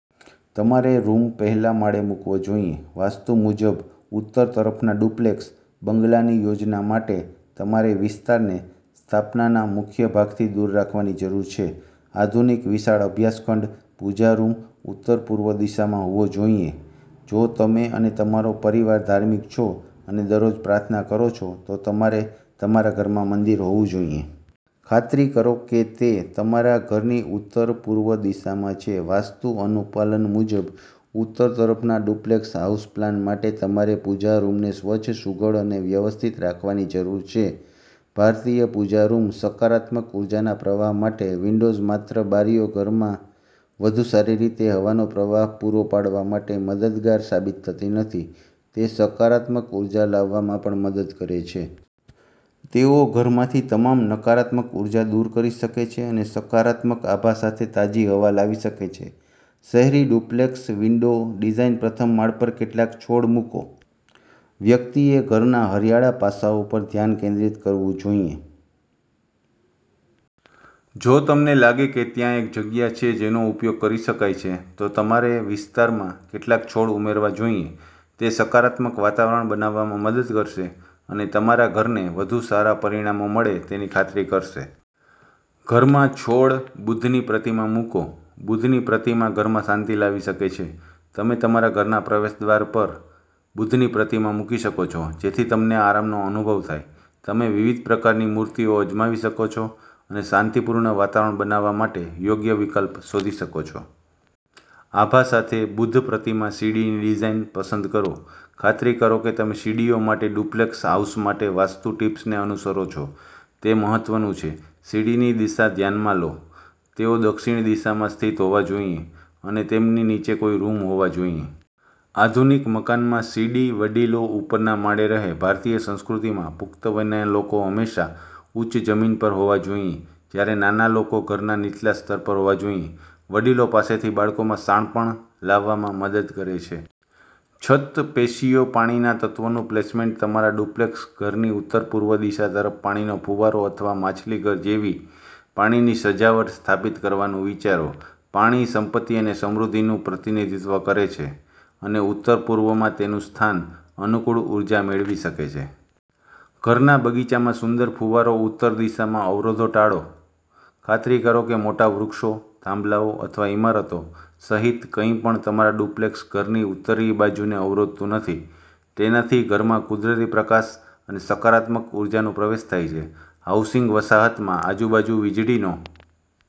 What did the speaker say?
તમારેરૂમ પહેલા માળે મૂકવો જોઈએ. વાસ્તુ મુજબ ઉત્તર તરફના ડુપ્લેક્સ બંગલાની યોજના માટે તમારેવિસ્તારને સ્થાપનાના મુખ્ય ભાગથી દૂર રાખવાની જરૂર છે. આધુનિક, વિશાળ અભ્યાસ ખંડ પૂજા રૂમ ઉત્તર-પૂર્વ દિશામાં હોવો જોઈએ જો તમે અને તમારો પરિવાર ધાર્મિક છો અને દરરોજ પ્રાર્થના કરો છો, તો તમારે તમારા ઘરમાં મંદિર હોવુંજોઈએ. ખાતરી કરો કે તે તમારા ઘરની ઉત્તર-પૂર્વ દિશામાં છે. વાસ્તુ અનુપાલન મુજબ ઉત્તર તરફના ડુપ્લેક્સ હાઉસ પ્લાન માટે તમારે પૂજા રૂમને સ્વચ્છ, સુઘડ અને વ્યવસ્થિત રાખવાની જરૂર છે. ભારતીય પૂજા રૂમ સકારાત્મક ઊર્જાના પ્રવાહ માટે વિન્ડોઝ માત્ર બારીઓ ઘરમાં વધુ સારી રીતે હવાનો પ્રવાહ પૂરો પાડવા માટે મદદગાર સાબિત થતી નથી, તે સકારાત્મક ઉર્જા લાવવામાં પણ મદદ કરે છે. તેઓ ઘરમાંથી તમામ નકારાત્મક ઉર્જા દૂર કરી શકે છે અને સકારાત્મક આભા સાથે તાજી હવા લાવી શકે છે. શહેરી ડુપ્લેક્સ વિન્ડો ડિઝાઇન પ્રથમ માળ પર કેટલાક છોડ મૂકો વ્યક્તિએ ઘરના હરિયાળા પાસાઓ પર ધ્યાન કેન્દ્રિત કરવું જોઈએ. જો તમને લાગે કે ત્યાં એક જગ્યા છે જેનો ઉપયોગ કરી શકાય છે, તો તમારેવિસ્તારમાં કેટલાક છોડ ઉમેરવા જોઈએ. તે સકારાત્મક વાતાવરણ બનાવવામાં મદદ કરશે, અને તમારા ઘરને વધુ સારા પરિણામો મળે તેની ખાતરી કરશે. ઘરમાં છોડ બુદ્ધની પ્રતિમા મૂકો બુદ્ધની પ્રતિમા ઘરમાં શાંતિ લાવી શકે છે. તમે તમારા ઘરના પ્રવેશદ્વાર પર બુદ્ધની પ્રતિમા મૂકી શકો છો જેથી તમને આરામનો અનુભવ થાય. તમે વિવિધ પ્રકારની મૂર્તિઓ અજમાવી શકો છો અને શાંતિપૂર્ણ વાતાવરણ બનાવવા માટે યોગ્ય વિકલ્પ શોધી શકો છો. આભા સાથે બુદ્ધ પ્રતિમા સીડીની ડિઝાઇન પસંદ કરો ખાતરી કરો કે તમે સીડીઓ માટે ડુપ્લેક્સ હાઉસ માટે વાસ્તુ ટીપ્સને અનુસરો છો. તે મહત્વનું છે સીડીની દિશા ધ્યાનમાં લો. તેઓ દક્ષિણ દિશામાં સ્થિત હોવા જોઈએ, અને તેમની નીચે કોઈ રૂમહોવા જોઈએ. આધુનિક મકાનમાં સીડી વડીલો ઉપરના માળે રહે ભારતીય સંસ્કૃતિમાં, પુખ્ત વયના લોકો હંમેશા ઉચ્ચ જમીન પર હોવા જોઈએ, જ્યારે નાના લોકો ઘરના નીચલા સ્તર પર હોવા જોઈએ. વડીલો પાસેથી બાળકોમાં શાણપણ લાવવામાં મદદ કરે છે. છત પેશિયો પાણીના તત્વોનું પ્લેસમેન્ટ તમારા ડુપ્લેક્સ ઘરની ઉત્તરપૂર્વ દિશા તરફ પાણીનો ફુવારો અથવા માછલીઘર જેવી પાણીની સજાવટ સ્થાપિત કરવાનું વિચારો. પાણી સંપત્તિ અને સમૃદ્ધિનું પ્રતિનિધિત્વ કરે છે, અને ઉત્તરપૂર્વમાં તેનું સ્થાન અનુકૂળ ઉર્જા મેળવી શકે છે. ઘરના બગીચામાં સુંદર ફુવારો ઉત્તર દિશામાં અવરોધો ટાળો ખાતરી કરો કે મોટા વૃક્ષો, થાંભલાઓ અથવા ઇમારતો સહિત કંઈપણ તમારા ડુપ્લેક્સ ઘરની ઉત્તરીય બાજુને અવરોધતું નથી. તેનાથી ઘરમાં કુદરતી પ્રકાશ અને સકારાત્મક ઉર્જાનો પ્રવેશ થાય છે. હાઉસિંગ વસાહતમાં આજુબાજુ વીજળીનો